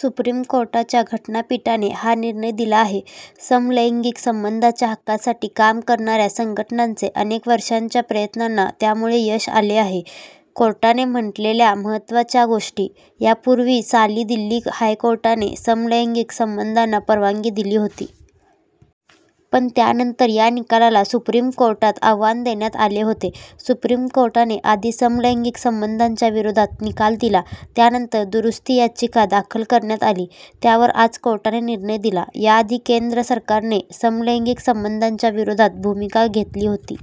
Supreme कोर्टाच्या घटनापीठाने हा निर्णय दिला आहे. समलैंगिक संबंधांच्या हक्कासाठी काम करणाऱ्या संघटनांचे अनेक वर्षांच्या प्रयत्नांना त्यामुळे यश आले आहे. कोर्टाने म्हटलेल्या महत्त्वाच्या गोष्टी: यापूर्वी साली दिल्ली हायकोर्टाने समलैंगिक संबंधांना परवानगी दिली होती. पण त्यानंतर या निकालाला सुप्रीम कोर्टात आव्हान देण्यात आले होते. सुप्रीम कोर्टाने आधी समलैंगिक संबंधांच्या विरोधात निकाल दिला. त्यानंतर दुरुस्ती याचिका दाखल करण्यात आली. त्यावर आज कोर्टाने निर्णय दिला. याआधी केंद्र सरकारने समलैंगिक संबंधांच्या विरोधात भूमिका घेतली होती.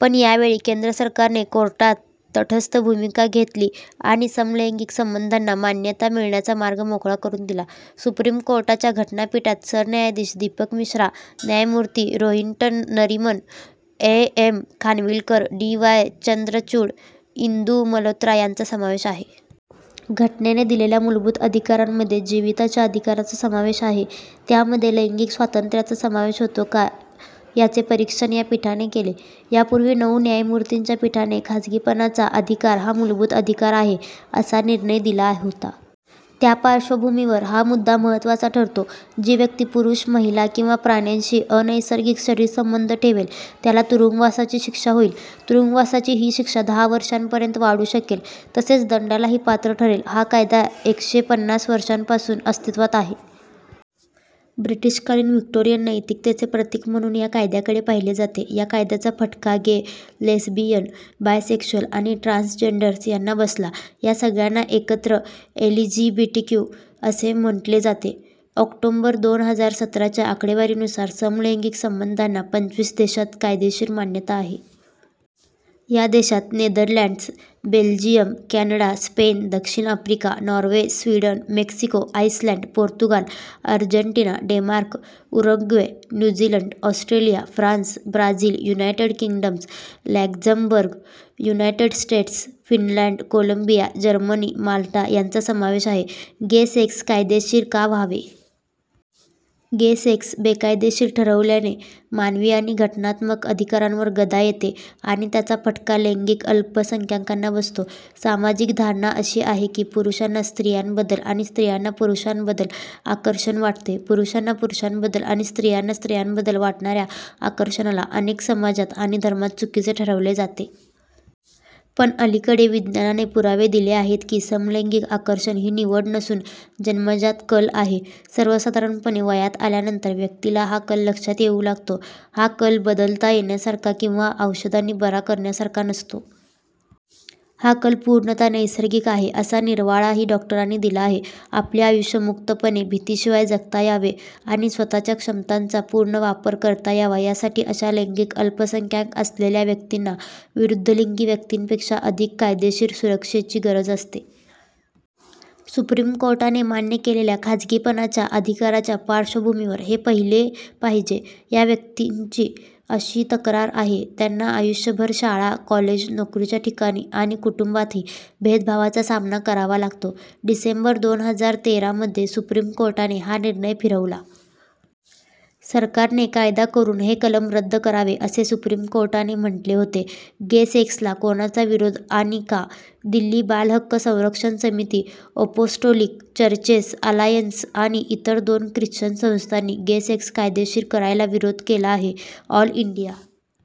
पण यावेळी केंद्र सरकारने कोर्टात तटस्थ भूमिका घेतली आणि समलैंगिक संबंधांना मान्यता मिळण्याचा मार्ग मोकळा करून दिला. सुप्रीम कोर्टाच्या घटनापीठात सरन्यायाधीश दीपक मिश्रा, न्यायमूर्ती Rohinton Nariman, A. M. Khanwilkar, D. Y. Chandrachud, Indu Malhotra यांचा समावेश आहे. घटनेने दिलेल्या मूलभूत अधिकारांमध्ये जीविताच्या अधिकाराचा समावेश आहे. त्यामध्ये लैंगिक स्वातंत्र्याचा समावेश होतो का याचे परीक्षण या पीठाने केले. यापूर्वी नऊ न्यायमूर्तींच्या पीठाने खासगीपणाचा अधिकार हा मूलभूत अधिकार आहे, असा निर्णय दिला होता. त्या पार्श्वभूमीवर हा मुद्दा महत्त्वाचा ठरतो. जी व्यक्ती पुरुष, महिला किंवा प्राण्याशी अनैसर्गिक शरीरसंबंध ठेवेल त्याला तुरुंगवासाची शिक्षा होईल. तुरुंगवासाची ही शिक्षा दहा वर्षांपर्यंत वाढू शकेल, तसेच दंडालाही पात्र ठरेल. हा कायदा एकशे पन्नास वर्षांपासून अस्तित्वात आहे. ब्रिटिशकालीन व्हिक्टोरियन नैतिकतेचे प्रतीक म्हणून या कायद्याकडे पाहिले जाते. या कायद्याचा फटका गे, लेस्बियन, बायसेक्शुअल आणि ट्रान्सजेंडर्स यांना बसला. या सगळ्यांना एकत्र एलजीबीटीक्यू असे म्हटले जाते. ऑक्टोबर दोन हजार सत्राच्या आकडेवारीनुसार समलैंगिक संबंधांना पंचवीस देशांत कायदेशीर मान्यता आहे. या देशांत नेदरलँड्स, बेल्जियम, कॅनडा, स्पेन, दक्षिण Africa, Norway, Sweden, Mexico, Iceland, Portugal, Argentina, Denmark, Uruguay, New Zealand, Australia, France, Brazil, United Kingdom, Luxembourg, United States, Finland, Colombia, Germany, Malta यांचा समावेश आहे. गे सेक्स कायदेशीर का व्हावे? गे सेक्स बेकायदेशीर ठरवल्याने मानवी आणि घटनात्मक अधिकारांवर गदा येते आणि त्याचा फटका लैंगिक अल्पसंख्याकांना बसतो. सामाजिक धारणा अशी आहे की पुरुषांना स्त्रियांबद्दल आणि स्त्रियांना पुरुषांबद्दल आकर्षण वाटते. पुरुषांना पुरुषांबद्दल आणि स्त्रियांना स्त्रियांबद्दल वाटणाऱ्या आकर्षणाला अनेक समाजांत आणि धर्मांत चुकीचे ठरवले जाते. पण अलीकडे विज्ञानाने पुरावे दिले आहेत की समलैंगिक आकर्षण ही निवड नसून जन्मजात कल आहे. सर्वसाधारणपणे वयात आल्यानंतर व्यक्तीला हा कल लक्षात येऊ लागतो. हा कल बदलता येण्यासारखा किंवा औषधांनी 'बरा' करण्यासारखा नसतो. हा कल पूर्णतः नैसर्गिक आहे, असा निर्वाळाही डॉक्टरांनी दिला आहे. आपले आयुष्य मुक्तपणे, भीतीशिवाय जगता यावे आणि स्वतःच्या क्षमतांचा पूर्ण वापर करता यावा यासाठी अशा लैंगिक अल्पसंख्याक असलेल्या व्यक्तींना विरुद्धलिंगी व्यक्तींपेक्षा अधिक कायदेशीर सुरक्षेची गरज असते. सुप्रीम कोर्टाने मान्य केलेल्या खासगीपणाच्या अधिकाराच्या पार्श्वभूमीवर हे पाहिले पाहिजे. या व्यक्तींची अशी तक्रार आहे त्यांना आयुष्यभर शाळा, कॉलेज, नोकरीच्या ठिकाणी आणि कुटुंबातही भेदभावाचा सामना करावा लागतो. डिसेंबर दोन हजार तेरामध्ये सुप्रीम कोर्टाने हा निर्णय फिरवला. सरकारने कायदा करून हे कलम रद्द करावे, असे सुप्रीम कोर्टाने म्हटले होते. गे-सेक्सला कोणाचा विरोध आणि का? दिल्ली बालहक्क संरक्षण समिती, अपोस्टोलिक चर्चेस अलायन्स आणि इतर दोन ख्रिश्चन संस्थांनी गे सेक्स कायदेशीर करायला विरोध केला आहे. All India